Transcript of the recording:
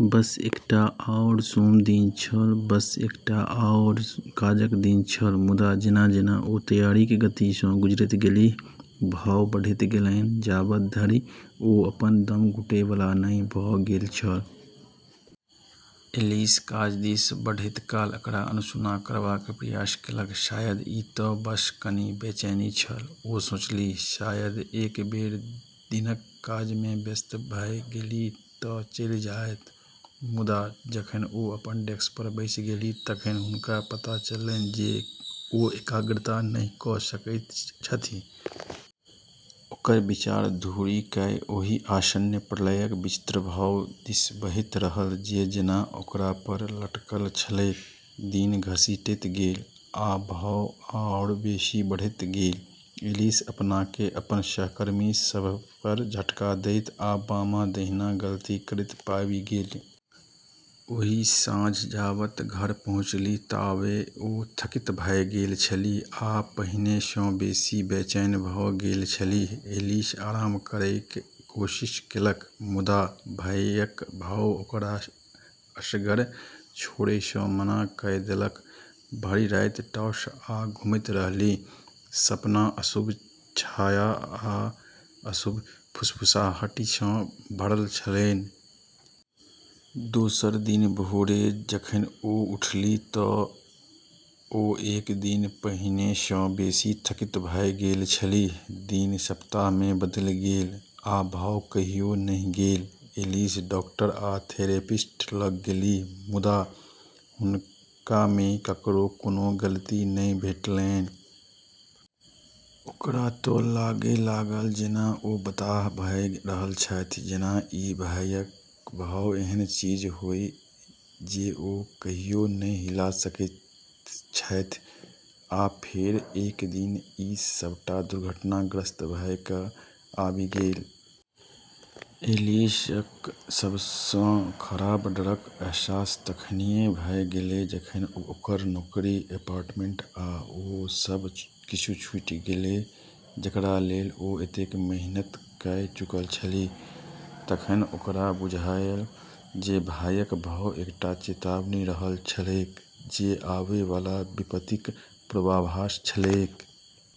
बस एकटा आओर सोम दिन छल, बस एकटा आओर काजक दिन छल। मुदा जेना-जेना ओ तैयारीक गतिसँ गुजरैत गेलीह, भाव बढ़ैत गेलैन जाबत धरि ओ लगभग दम घुटै वाला नहि भऽ गेल छल। ऐलिस काज दिस बढ़ैत काल एकरा अनसुना करबाक प्रयास केलक। शायद ई तऽ बस कनि बेचैनी छल, ओ सोचलीह। शायद एक बेर दिनक काजमे व्यस्त भऽ गेलीह तऽ चलि जाइत। मुदा जखन ओ अपन डेस्कपर बैसि गेलीह तखन हुनका पता चललैन जे ओ एकाग्रता नहि कऽ सकैत छथि। ओकर विचार घुरि कऽ ओहि आसन्न प्रलयक विचित्र भाव दिस बहैत रहल जे जेना ओकरापर लटकल छलैक। दिन घसीटैत गेल, आ भाव आओर बेसी बढ़ैत गेल। ऐलिस अपनाकेँ अपन सहकर्मी सभपर झटका दैत आ बामा-दहिना गलती करैत पाबि गेल। ओहि साँझ जाबत घर पहुँचलीह ताबे ओ थकित भऽ गेल छलीह आ पहिनेसँ बेसी बेचैन भऽ गेल छलीह। ऐलिस आराम करैक कोशिश केलक, मुदा भयक भाव ओकरा असगर छोड़ैसँ मना कऽ देलक। भरि राति टॉस आ घुमैत रहलीह, सपना अशुभ छाया आ अशुभ फुसफुसाहटिसँ भरल छलैन। दोसर दिन भोरे जखन ओ उठलीह तऽ ओ एक दिन पहिनेसँ बेसी थकित भऽ गेल छलीह। दिन सप्ताहमे बदलि गेल, आ भाव कहियो नहि गेल। ऐलिस डाक्टर आ थेरेपिस्ट लग गेलीह, मुदा हुनकामे ककरो कोनो गलती नहि भेटलैन। ओकरा तऽ लागै लगल जेना ओ बताह भऽ रहल छथि, जेना ई भयक भाव एहन चीज होइ जे ओ कहियो नहि हिला सकैत छथि। आ फेर, एक दिन, ई सबटा दुर्घटनाग्रस्त भऽ कऽ आबि गेल। ऐलिसक सबसँ खराब डरक अहसास तखनिये भऽ गेलै जखन ओकर नौकरी, अपार्टमेंट, आ ओ सब किछु छूटी गेलै जेकरालेल ओ एतेक मेहनत कऽ चुकल छलीह। तखन ओकरा बुझायल जे भयक भाव एकटा चेतावनी रहल छलैक, जे आवै वाला विपत्तिक पूर्वाभास छलैक।